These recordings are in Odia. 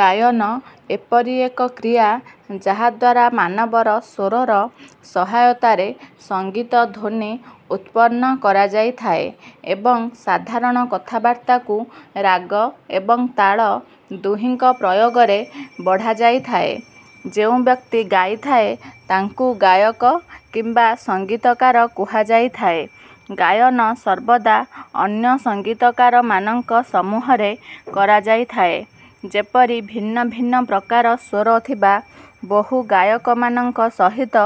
ଗାୟନ ଏପରି ଏକ କ୍ରିୟା ଯାହା ଦ୍ୱାରା ମାନବର ସ୍ୱରର ସହାୟତାରେ ସଙ୍ଗୀତ ଧ୍ୱନି ଉତ୍ପନ୍ନ କରାଯାଇଥାଏ ଏବଂ ସାଧାରଣ କଥାବାର୍ତ୍ତାକୁ ରାଗ ଏବଂ ତାଳ ଦୁହିଁଙ୍କ ପ୍ରୟୋଗରେ ବଢ଼ାଯାଇଥାଏ। ଯେଉଁ ବ୍ୟକ୍ତି ଗାଇଥାଏ ତାଙ୍କୁ ଗାୟକ କିମ୍ବା ସଙ୍ଗୀତକାର କୁହାଯାଇଥାଏ। ଗାୟନ ସର୍ବଦା ଅନ୍ୟ ସଙ୍ଗୀତକାରମାନଙ୍କ ସମୂହରେ କରାଯାଇଥାଏ ଯେପରି ଭିନ୍ନ ଭିନ୍ନ ପ୍ରକାର ସ୍ୱର ଥିବା ବହୁ ଗାୟକମାନଙ୍କ ସହିତ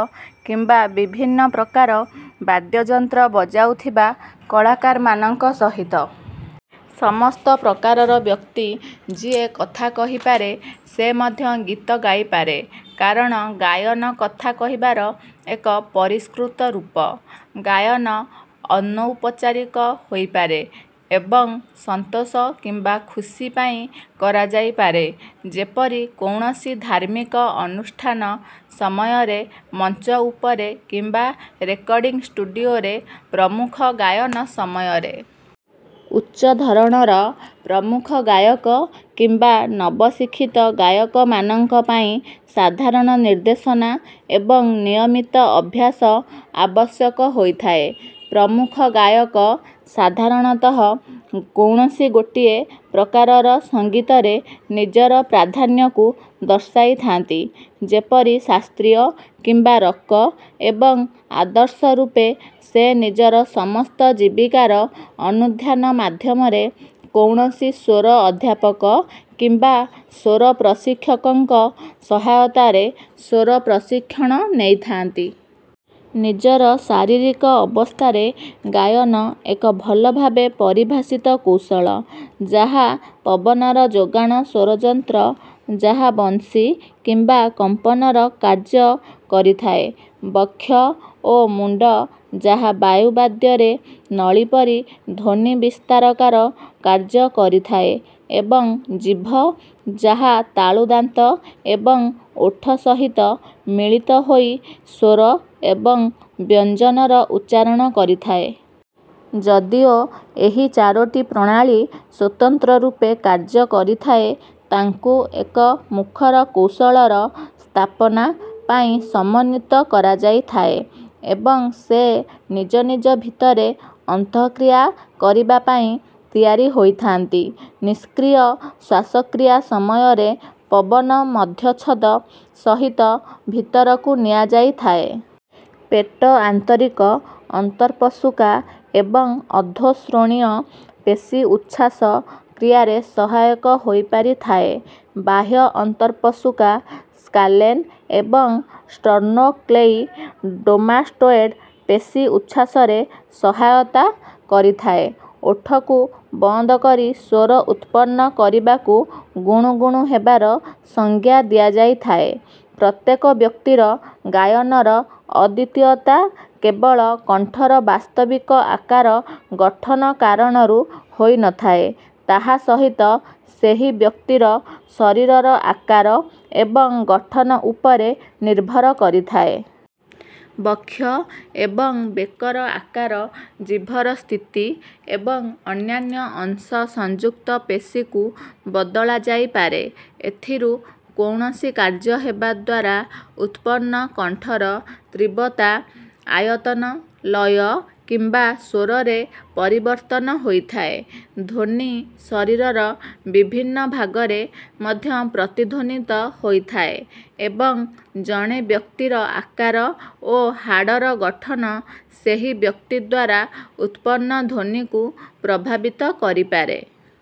କିମ୍ବା ବିଭିନ୍ନ ପ୍ରକାର ବାଦ୍ୟଯନ୍ତ୍ର ବଜାଉଥିବା କଳାକାରମାନଙ୍କ ସହିତ। ସମସ୍ତ ପ୍ରକାରର ବ୍ୟକ୍ତି ଯିଏ କଥା କହିପାରେ ସେ ମଧ୍ୟ ଗୀତ ଗାଇପାରେ। କାରଣ ଗାୟନ କଥା କହିବାର ଏକ ପରିଷ୍କୃତ ରୂପ। ଗାୟନ ଅନୌପଚାରିକ ହୋଇପାରେ ଏବଂ ସନ୍ତୋଷ କିମ୍ବା ଖୁସି ପାଇଁ କରାଯାଇପାରେ। ଯେପରି କୌଣସି ଧାର୍ମିକ ଅନୁଷ୍ଠାନ ସମୟରେ ମଞ୍ଚ ଉପରେ କିମ୍ବା ରେକର୍ଡିଂ ଷ୍ଟୁଡିଓରେ ପ୍ରମୁଖ ଗାୟନ ସମୟରେ। ଉଚ୍ଚ ଧରଣର ପ୍ରମୁଖ ଗାୟକ କିମ୍ବା ନବଶିକ୍ଷିତ ଗାୟକମାନଙ୍କ ପାଇଁ ସାଧାରଣ ନିର୍ଦ୍ଦେଶନା ଏବଂ ନିୟମିତ ଅଭ୍ୟାସ ଆବଶ୍ୟକ ହୋଇଥାଏ। ପ୍ରମୁଖ ଗାୟକ ସାଧାରଣତଃ କୌଣସି ଗୋଟିଏ ପ୍ରକାରର ସଙ୍ଗୀତରେ ନିଜର ପ୍ରାଧାନ୍ୟକୁ ଦର୍ଶାଇଥାନ୍ତି ଯେପରି ଶାସ୍ତ୍ରୀୟ କିମ୍ବା ରକ ଏବଂ ଆଦର୍ଶ ରୂପେ ସେ ନିଜର ସମସ୍ତ ଜୀବିକାର ଅନୁଧ୍ୟାନ ମାଧ୍ୟମରେ କୌଣସି ସ୍ୱର-ଅଧ୍ୟାପକ କିମ୍ବା ସ୍ୱର-ପ୍ରଶିକ୍ଷକଙ୍କ ସହାୟତାରେ ସ୍ୱର-ପ୍ରଶିକ୍ଷଣ ନେଇଥାନ୍ତି। ନିଜର ଶାରୀରିକ ଅବସ୍ଥାରେ ଗାୟନ ଏକ ଭଲ ଭାବେ ପରିଭାଷିତ କୌଶଳ ଯାହା ପବନର ଯୋଗାଣ ସ୍ୱରଯନ୍ତ୍ର ଯାହା ବଂଶୀ କିମ୍ବା କମ୍ପନର କାର୍ଯ୍ୟ କରିଥାଏ ବକ୍ଷ ଓ ମୁଣ୍ଡ ଯାହା ବାୟୁ ବାଦ୍ୟରେ ନଳୀ ପରି ଧ୍ୱନି ବିସ୍ତାରକାର କାର୍ଯ୍ୟ କରିଥାଏ ଏବଂ ଜିଭ ଯାହା ତାଳୁ ଦାନ୍ତ ଏବଂ ଓଠ ସହିତ ମିଳିତ ହୋଇ ସ୍ୱର ଏବଂ ବ୍ୟଞ୍ଜନର ଉଚ୍ଚାରଣ କରିଥାଏ। ଯଦିଓ ଏହି ଚାରୋଟି ପ୍ରଣାଳୀ ସ୍ୱତନ୍ତ୍ର ରୂପେ କାର୍ଯ୍ୟ କରିଥାଏ ତାଙ୍କୁ ଏକ ମୁଖର କୌଶଳର ସ୍ଥାପନା ପାଇଁ ସମନ୍ୱିତ କରାଯାଇଥାଏ ଏବଂ ସେ ନିଜ ନିଜ ଭିତରେ ଅନ୍ତଃକ୍ରିୟା କରିବା ପାଇଁ ତିଆରି ହୋଇଥାନ୍ତି। ନିଷ୍କ୍ରିୟ ଶ୍ୱାସକ୍ରିୟା ସମୟରେ ପବନ ମଧ୍ୟଚ୍ଛଦ ସହିତ ଭିତରକୁ ନିଆଯାଇଥାଏ। ପେଟ ଆନ୍ତରିକ ଅନ୍ତର୍ପଶୁକା ଏବଂ ଅଧୋ ଶ୍ରୋଣୀୟ ପେଶୀ ଉଚ୍ଛ୍ୱାସ କ୍ରିୟାରେ ସହାୟକ ହୋଇପାରିଥାଏ। ବାହ୍ୟ ଅନ୍ତର୍ପଶୁକା ସ୍କାଲେନ ଏବଂ ଷ୍ଟର୍ନୋକ୍ଲେଇଡୋମାଷ୍ଟୋଏଡ ପେଶୀ ଉଚ୍ଛ୍ୱାସରେ ସହାୟତା କରିଥାଏ। ଓଠକୁ ବନ୍ଦ କରି ସ୍ୱର ଉତ୍ପନ୍ନ କରିବାକୁ ଗୁଣୁଗୁଣୁ ହେବାର ସଂଜ୍ଞା ଦିଆଯାଇଥାଏ। ପ୍ରତ୍ୟେକ ବ୍ୟକ୍ତିର ଗାୟନର ଅଦ୍ୱିତୀୟତା କେବଳ କଣ୍ଠର ବାସ୍ତବିକ ଆକାର ଗଠନ କାରଣରୁ ହୋଇନଥାଏ ତାହା ସହିତ ସେହି ବ୍ୟକ୍ତିର ଶରୀରର ଆକାର ଏବଂ ଗଠନ ଉପରେ ନିର୍ଭର କରିଥାଏ। ବକ୍ଷ ଏବଂ ବେକର ଆକାର ଜିଭର ସ୍ଥିତି ଏବଂ ଅନ୍ୟାନ୍ୟ ଅଂଶସଂଯୁକ୍ତ ପେଶୀକୁ ବଦଳାଯାଇପାରେ। ଏଥିରୁ କୌଣସି କାର୍ଯ୍ୟ ହେବା ଦ୍ୱାରା ଉତ୍ପନ୍ନ କଣ୍ଠର ତୀବ୍ରତା ଆୟତନ ଲୟ କିମ୍ବା ସ୍ୱରରେ ପରିବର୍ତ୍ତନ ହୋଇଥାଏ। ଧ୍ୱନି ଶରୀରର ବିଭିନ୍ନ ଭାଗରେ ମଧ୍ୟ ପ୍ରତିଧ୍ୱନିତ ହୋଇଥାଏ ଏବଂ ଜଣେ ବ୍ୟକ୍ତିର ଆକାର ଓ ହାଡ଼ର ଗଠନ ସେହି ବ୍ୟକ୍ତି ଦ୍ୱାରା ଉତ୍ପନ୍ନ ଧ୍ୱନିକୁ ପ୍ରଭାବିତ କରିପାରେ।